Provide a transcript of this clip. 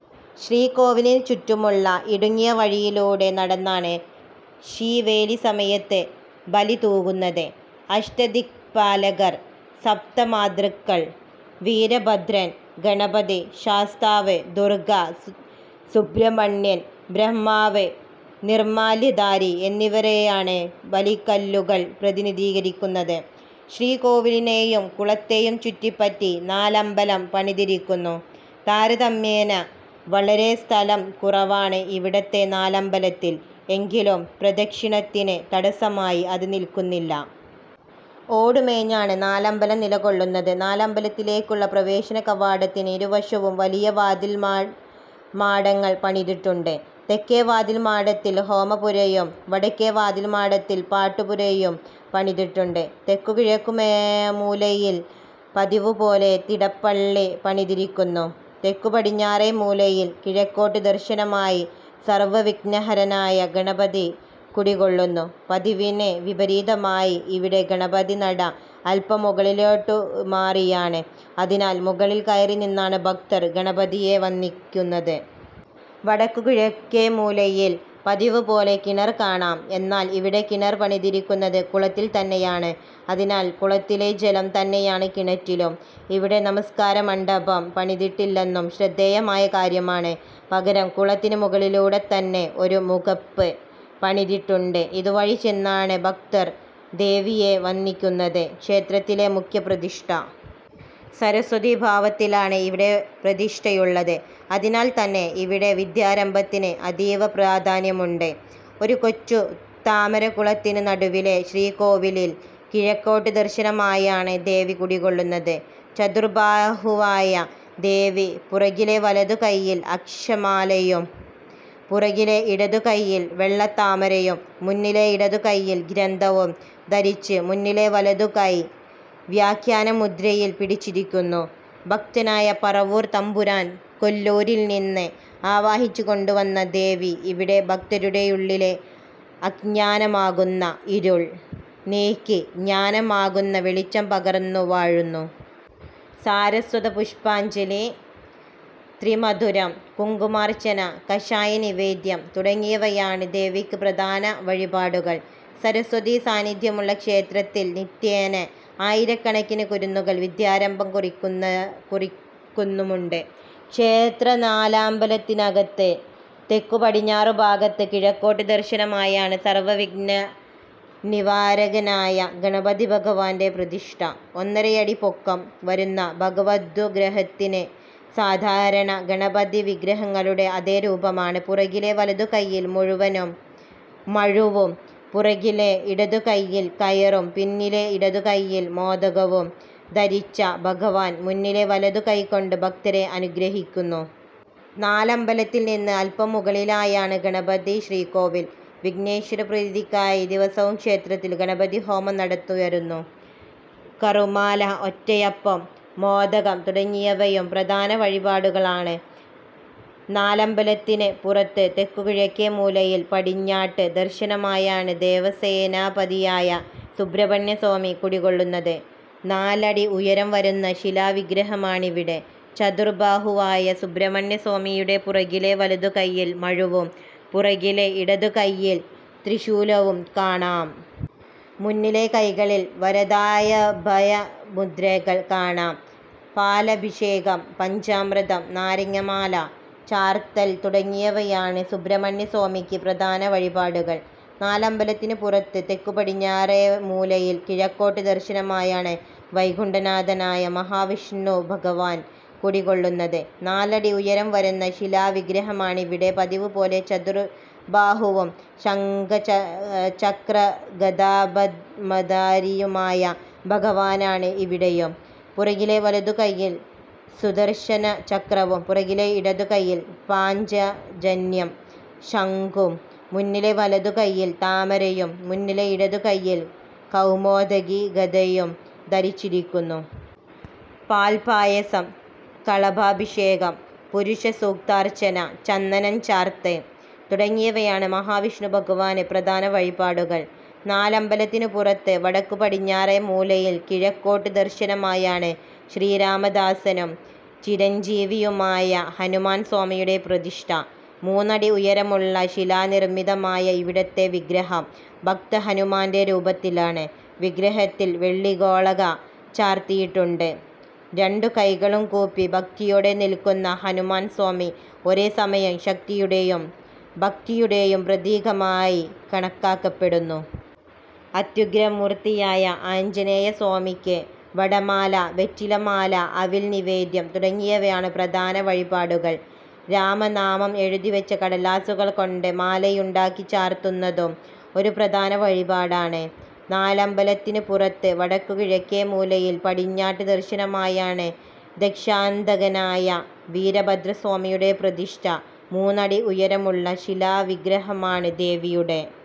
ശ്രീകോവിലിന് ചുറ്റുമുള്ള ഇടുങ്ങിയ വഴിയിലൂടെ നടന്നാണ് ശീവേലിസമയത്ത് ബലിതൂകുന്നത്. അഷ്ടദിക്പാലകർ, സപ്തമാതൃക്കൾ, വീരഭദ്രൻ, ഗണപതി, ശാസ്താവ്, ദുർഗ്ഗ, സുബ്രഹ്മണ്യൻ, ബ്രഹ്മാവ്, നിർമ്മാല്യധാരി എന്നിവരെയാണ് ബലിക്കല്ലുകൾ പ്രതിനിധീകരിയ്ക്കുന്നത്. ശ്രീകോവിലിനെയും കുളത്തെയും ചുറ്റിപ്പറ്റി നാലമ്പലം പണിതിരിയ്ക്കുന്നു. താരതമ്യേന വളരെ സ്ഥലം കുറവാണ് ഇവിടത്തെ നാലമ്പലത്തിൽ. എങ്കിലും പ്രദക്ഷിണത്തിന് തടസ്സമായി അത് നിൽക്കുന്നില്ല. ഓടുമേഞ്ഞാണ് നാലമ്പലം നിലകൊള്ളുന്നത്. നാലമ്പലത്തിലേയ്ക്കുള്ള പ്രവേശനകവാടത്തിന് ഇരുവശവും വലിയ വാതിൽമാ മാടങ്ങൾ പണിതിട്ടുണ്ട്. തെക്കേ വാതിൽമാടത്തിൽ ഹോമപ്പുരയും വടക്കേ വാതിൽമാടത്തിൽ പാട്ടുപുരയും പണിതിട്ടുണ്ട്. തെക്കുകിഴക്കേമൂലയിൽ പതിവുപോലെ തിടപ്പള്ളി പണിതിരിയ്ക്കുന്നു. തെക്കുപടിഞ്ഞാറേമൂലയിൽ കിഴക്കോട്ട് ദർശനമായി സർവ്വവിഘ്നഹരനായ ഗണപതി കുടികൊള്ളുന്നു. പതിവിന് വിപരീതമായി ഇവിടെ ഗണപതിനട അല്പം മുകളിലോട്ടുമാറിയാണ്. അതിനാൽ, മുകളിൽ കയറിനിന്നാണ് ഭക്തർ ഗണപതിയെ വന്ദിയ്ക്കുന്നത്. വടക്കുകിഴക്കേമൂലയിൽ പതിവുപോലെ കിണർ കാണാം. എന്നാൽ, ഇവിടെ കിണർ പണിതിരിയ്ക്കുന്നത് കുളത്തിൽ തന്നെയാണ്! അതിനാൽ, കുളത്തിലെ ജലം തന്നെയാണ് കിണറ്റിലും. ഇവിടെ നമസ്കാരമണ്ഡപം പണിതിട്ടില്ലെന്നതും ശ്രദ്ധേയമായ കാര്യമാണ്. പകരം കുളത്തിന് മുകളിലൂടെത്തന്നെ ഒരു മുഖപ്പ് പണിതിട്ടുണ്ട്. ഇതുവഴി ചെന്നാണ് ഭക്തർ ദേവിയെ വന്ദിയ്ക്കുന്നത്. ക്ഷേത്രത്തിലെ മുഖ്യപ്രതിഷ്ഠ. സരസ്വതീഭാവത്തിലാണ് ഇവിടെ പ്രതിഷ്ഠയുള്ളത്. അതിനാൽ തന്നെ ഇവിടെ വിദ്യാരംഭത്തിന് അതീവപ്രാധാന്യമുണ്ട്. ഒരു കൊച്ചുതാമരക്കുളത്തിന് നടുവിലെ ശ്രീകോവിലിൽ കിഴക്കോട്ട് ദർശനമായാണ് ദേവി കുടികൊള്ളുന്നത്. ചതുർബാഹുവായ ദേവി പുറകിലെ വലതുകയ്യിൽ അക്ഷമാലയും പുറകിലെ ഇടതുകയ്യിൽ വെള്ളത്താമരയും മുന്നിലെ ഇടതുകയ്യിൽ ഗ്രന്ഥവും ധരിച്ച് മുന്നിലെ വലതുകൈ വ്യാഖ്യാനമുദ്രയിൽ പിടിച്ചിരിയ്ക്കുന്നു. ഭക്തനായ പറവൂർ തമ്പുരാൻ കൊല്ലൂരിൽ നിന്ന് ആവാഹിച്ചുകൊണ്ടുവന്ന ദേവി ഇവിടെ ഭക്തരുടെയുള്ളിലെ അജ്ഞാനമാകുന്ന ഇരുൾ നീക്കി ജ്ഞാനമാകുന്ന വെളിച്ചം പകർന്നുവാഴുന്നു. സാരസ്വത പുഷ്പാഞ്ജലി, ത്രിമധുരം, കുങ്കുമാർച്ചന, കഷായനിവേദ്യം തുടങ്ങിയവയാണ് ദേവിയ്ക്ക് പ്രധാന വഴിപാടുകൾ. സരസ്വതീസാന്നിദ്ധ്യമുള്ള ക്ഷേത്രത്തിൽ നിത്യേന ആയിരക്കണക്കിന് കുരുന്നുകൾ വിദ്യാരംഭം കുറിയ്ക്കുന്നുമുണ്ട്. ക്ഷേത്രനാലമ്പലത്തിനകത്ത് തെക്കുപടിഞ്ഞാറുഭാഗത്ത് കിഴക്കോട്ട് ദർശനമായാണ് സർവ്വവിഘ്നനിവാരകനായ ഗണപതിഭഗവാന്റെ പ്രതിഷ്ഠ. ഒന്നരയടി പൊക്കം വരുന്ന ഭഗവദ്വിഗ്രഹത്തിന് സാധാരണ ഗണപതിവിഗ്രഹങ്ങളുടെ അതേ രൂപമാണ്. പുറകിലെ വലതുകയ്യിൽ മഴുവും പുറകിലെ ഇടതുകയ്യിൽ കയറും മുന്നിലെ ഇടതുകയ്യിൽ മോദകവും ധരിച്ച ഭഗവാൻ മുന്നിലെ വലതുകൈ കൊണ്ട് ഭക്തരെ അനുഗ്രഹിയ്ക്കുന്നു. നാലമ്പലത്തിൽ നിന്ന് അല്പം മുകളിലായാണ് ഗണപതിശ്രീകോവിൽ. വിഘ്നേശ്വരപ്രീതിയ്ക്കായി ദിവസവും ക്ഷേത്രത്തിൽ ഗണപതിഹോമം നടത്തിവരുന്നു. കറുകമാല, ഒറ്റയപ്പം, മോദകം തുടങ്ങിയവയും പ്രധാനവഴിപാടുകളാണ്. നാലമ്പലത്തിന് പുറത്ത് തെക്കുകിഴക്കേമൂലയിൽ പടിഞ്ഞാട്ട് ദർശനമായാണ് ദേവസേനാപതിയായ സുബ്രഹ്മണ്യസ്വാമി കുടികൊള്ളുന്നത്. നാലടി ഉയരം വരുന്ന ശിലാവിഗ്രഹമാണിവിടെ. ചതുർബാഹുവായ സുബ്രഹ്മണ്യസ്വാമിയുടെ പുറകിലെ വലതുകയ്യിൽ മഴുവും പുറകിലെ ഇടതുകയ്യിൽ ത്രിശൂലവും കാണാം. മുന്നിലെ കൈകളിൽ വരദാഭയമുദ്രകൾ കാണാം. പാലഭിഷേകം, പഞ്ചാമൃതം, നാരങ്ങാമാല ചാർത്തൽ തുടങ്ങിയവയാണ് സുബ്രഹ്മണ്യസ്വാമിയ്ക്ക് പ്രധാന വഴിപാടുകൾ. നാലമ്പലത്തിന് പുറത്ത് തെക്കുപടിഞ്ഞാറേമൂലയിൽ കിഴക്കോട്ട് ദർശനമായാണ് വൈകുണ്ഠനാഥനായ മഹാവിഷ്ണുഭഗവാൻ കുടികൊള്ളുന്നത്. നാലടി ഉയരം വരുന്ന ശിലാവിഗ്രഹമാണിവിടെ. പതിവുപോലെ ചതുർബാഹുവും ശംഖചക്രഗദാപദ്മധാരിയുമായ ഭഗവാനാണ് ഇവിടെയും. പുറകിലെ വലതുകയ്യിൽ സുദർശനചക്രവും പുറകിലെ ഇടതുകയ്യിൽ പാഞ്ചജന്യം ശംഖും മുന്നിലെ വലതുകയ്യിൽ താമരയും മുന്നിലെ ഇടതുകയ്യിൽ കൗമോദകി ഗദയും ധരിച്ചിരിയ്ക്കുന്നു. പാൽപ്പായസം, കളഭാഭിഷേകം, പുരുഷസൂക്താർച്ചന, ചന്ദനം ചാർത്ത് തുടങ്ങിയവയാണ് മഹാവിഷ്ണുഭഗവാന് പ്രധാന വഴിപാടുകൾ. നാലമ്പലത്തിന് പുറത്ത് വടക്കുപടിഞ്ഞാറേമൂലയിൽ കിഴക്കോട്ട് ദർശനമായാണ് ശ്രീരാമദാസനും ചിരഞ്ജീവിയുമായ ഹനുമാൻസ്വാമിയുടെ പ്രതിഷ്ഠ. മൂന്നടി ഉയരമുള്ള ശിലാനിർമ്മിതമായ ഇവിടത്തെ വിഗ്രഹം ഭക്തഹനുമാന്റെ രൂപത്തിലാണ്. വിഗ്രഹത്തിൽ വെള്ളിഗോളക ചാർത്തിയിട്ടുണ്ട്. രണ്ടുകൈകളും കൂപ്പി ഭക്തിയോടെ നിൽക്കുന്ന ഹനുമാൻ സ്വാമി ഒരേ സമയം ശക്തിയുടെയും ഭക്തിയുടെയും പ്രതീകമായി കണക്കാക്കപ്പെടുന്നു. അത്യുഗ്രമൂർത്തിയായ ആഞ്ജനേയസ്വാമിയ്ക്ക് വടമാല, വെറ്റിലമാല, അവിൽ നിവേദ്യം തുടങ്ങിയവയാണ് പ്രധാന വഴിപാടുകൾ. രാമനാമം എഴുതിവച്ച കടലാസുകൾ കൊണ്ട് മാലയുണ്ടാക്കി ചാർത്തുന്നതും ഒരു പ്രധാന വഴിപാടാണ്. നാലമ്പലത്തിന് പുറത്ത് വടക്കുകിഴക്കേമൂലയിൽ പടിഞ്ഞാട്ട് ദർശനമായാണ് ദക്ഷാന്തകനായ വീരഭദ്രസ്വാമിയുടെ പ്രതിഷ്ഠ. മൂന്നടി ഉയരമുള്ള ശിലാവിഗ്രഹമാണ്. ദേവിയുടെ